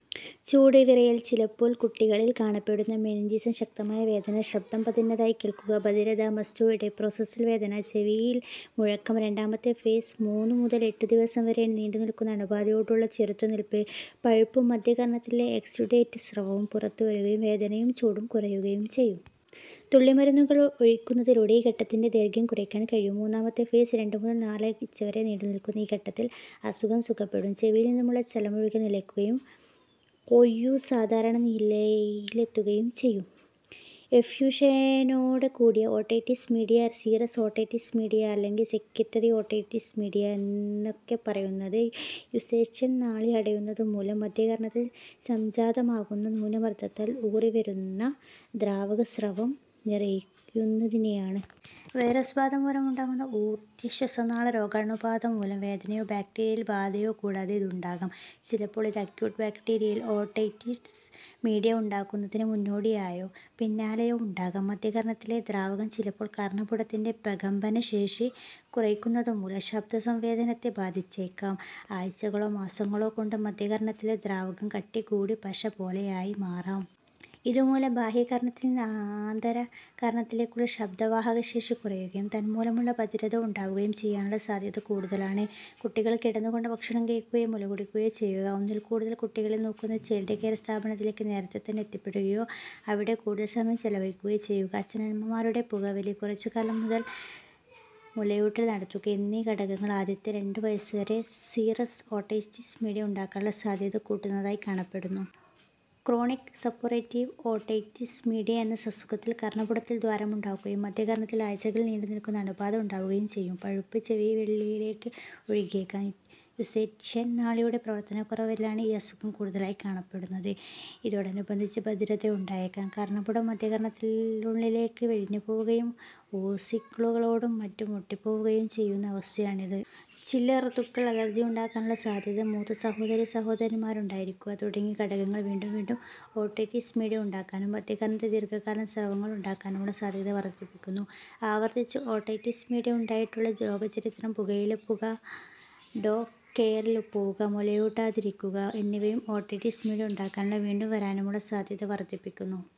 ചൂട്, വിറയൽ, ചിലപ്പോല് കുട്ടികളിൽ കാണപ്പെടുന്ന മെനിഞ്ചിസം, ശക്തമായ വേദന, ശബ്ബ്ദം പതിഞ്ഞതായി കേൾക്കുക, ബധിരത, മാസ്റ്റോയ്ഡ് പ്രോസസ്സിൽ വേദന, ചെവിയിൽ മുഴക്കം. രണ്ടാമത്തെ ഫേസ് -മൂന്നു മുതൽ എട്ടു ദിവസം വരെ നീണ്ടുനിൽക്കുന്ന അണുബാധയോടുള്ള ചെറുത്തു നിൽപ്പ്. പഴുപ്പും മദ്ധ്യകർണ്ണത്തിലെ എക്സ്യുഡേറ്റ് സ്രവവും പുറത്തുവരുകയും വേദനയും ചൂടും കുറയുകയും ചെയ്യും. തുള്ളിമരുന്നുകൾ ഒഴിക്കുന്നതിലൂടെ ഈ ഘട്ടത്തിന്റെ ദൈർഘ്യം കുറയ്ക്കാൻ കഴിയും. മൂന്നാമത്തെ ഫേസ് രണ്ടു മുതൽ നാലാഴ്ച്കവരെ നീണ്ടുനിൽക്കുന്ന ഈ ഘട്ടത്തിൽ അസുഖം സുഖപ്പെടും. ചെവിയിൽ നിന്നുള്ള ചലമൊഴുകൽ നിലയ്ക്കുകയും കേഴ്വി സാധാരണ നിലയിലെത്തുകയും ചെയ്യും. എഫ്യൂഷനോട് കൂടിയ otitis media, serous otitis media, അല്ലെങ്കിൽ സെക്രീറ്ററി ഓട്ടൈറ്റിസ് മീഡിയ, എന്നൊക്കെപ്പറയുന്നത് യൂസ്റ്റേഷ്യൻ നാളി അടയുന്നതു മൂലം മദ്ധ്യകർണ്ണത്തിൽ സംജാതമാകുന്ന ന്യൂനമർദ്ദത്താൽ ഊറിവരുന്ന ദ്രാവകസ്രവം നിറയുന്നതിനെയാണ്. വൈറസ് ബാധ മൂലമുണ്ടാകുന്ന ഊർദ്ധ്വ ശ്വാസനാള രോഗാണുബാധ മൂലം വേദനയോ ബാക്ടീരിയൽ ബാധയോ കൂടാതെ ഇതുണ്ടാകാം. ചിലപ്പോൾ ഇത് അക്യൂട്ട് ബാക്ടീരിയൽ ഓട്ടൈറ്റിസ് മീഡിയ ഉണ്ടാകുന്നതിന് മുന്നോടിയായോ പിന്നാലെയോ ഉണ്ടാകാം. മദ്ധ്യകർണ്ണത്തിലെ ദ്രാവകം ചിലപ്പോൾ കർണ്ണപുടത്തിന്റെ പ്രകമ്പനശേഷി കുറയ്ക്കുന്നതുമൂലം ശബ്ബ്ദ സംവേദനത്തെ ബാധിച്ചേയ്ക്കാം. ആഴ്ച്ചകളോ മാസങ്ങളോ കൊണ്ട് മദ്ധ്യ കർണ്ണത്തിലെ ദ്രാവകം കട്ടി കൂടി പശ പോലെയായി മാറാം. ഇതു മൂലം ബാഹ്യകർണ്ണത്തിൽ നിന്ന് ആന്തര കർണ്ണത്തിലേക്കുള്ള ശബ്ബ്ദ വാഹകശേഷി കുറയുകയും തന്മൂലമുള്ള ബധിരത ഉണ്ടാവുകയും ചെയ്യാനുള്ള സാദ്ധ്യത കൂടുതലാണ്. കുട്ടികൾ കിടന്നുകൊണ്ട് ഭക്ഷണം കഴിക്കുകയോ മുലകുടിക്കുകയോ ചെയ്യുക, ഒന്നിൽ കൂടുതൽ കുട്ടികളെ നോക്കുന്ന ചൈൽഡ് കെയർ സ്ഥാപനത്തിലേക്ക് നേരത്തെ തന്നെ എത്തിപ്പെടുകയോ അവിടെ കൂടുതൽ സമയം ചെലവഴിക്കുകയോ ചെയ്യുക, അച്ഛനമ്മമാരുടെ പുകവലി, കുറച്ചുകാലം മാത്രം മുലയൂട്ടൽ നടത്തുക എന്നീ ഘടകങ്ങൾ ആദ്യത്തെ രണ്ടു വയസ്സുവരെ സീറസ് ഓട്ടൈറ്റിസ് മീഡിയ ഉണ്ടാകാനുള്ള സാദ്ധ്യത കൂട്ടുന്നതായി കാണപ്പെടുന്നു. ക്രോണിക് സപ്പുറേറ്റീവ് ഓട്ടൈറ്റിസ് മീഡിയ എന്ന അസുഖത്തിൽ കർണ്ണപുടത്തിൽ ദ്വാരമുണ്ടാവുകയും മദ്ധ്യകർണ്ണത്തിൽ ആഴ്ച്ചകൾ നീണ്ടുനിൽക്കുന്ന അണുബാധ ഉണ്ടാവുകയും ചെയ്യും. പഴുപ്പ് ചെവിക്കു വെളിയിലേയ്ക്ക് ഒഴുകിയേക്കാം. യൂസ്റ്റേഷ്യൻ നാളിയുടെ പ്രവർത്തനക്കുറവുള്ളവരിലാണ് ഈ അസുഖം കൂടുതലായി കാണപ്പെടുന്നത്. ഇതോടനുബന്ധിച്ച് ബധിരത ഉണ്ടായേക്കാം. കർണ്ണപുടം മദ്ധ്യകർണ്ണത്തിനുള്ളിലേയ്ക്ക് വലിഞ്ഞുപോവുകയും ഓസിക്കിളുകളോടും മറ്റും ഒട്ടിപ്പോവുകയും ചെയ്യുന്ന അവസ്ഥയാണിത്. ചില ഋതുക്കൾ, അലർജിയുണ്ടാകാനുള്ള സാദ്ധ്യത, മൂത്ത സഹോദരീസഹോദരന്മാരുണ്ടായിരിക്കുക, തുടങ്ങിയ ഘടകങ്ങൾ വീണ്ടും വീണ്ടും ഓട്ടൈറ്റിസ് മീഡിയ ഉണ്ടാകാനും മദ്ധ്യകർണ്ണത്തിൽ ദീർഘകാലം സ്രവങ്ങളുണ്ടാക്കാനുമുള്ള സാദ്ധ്യത വർദ്ധിപ്പിക്കുന്നു. ആവർത്തിച്ച് ഓട്ടൈറ്റിസ് മീഡിയ ഉണ്ടായിട്ടുള്ള രോഗചരിത്രം, പുകയിലപ്പുക, ഡേ കെയറിൽ പോവുക, മുലയൂട്ടാതിരിക്കുക എന്നിവയും ഓട്ടൈറ്റിസ് മീഡിയ ഉണ്ടാകാനും വീണ്ടും വരാനുമുള്ള സാദ്ധ്യത വർദ്ധിപ്പിക്കുന്നു.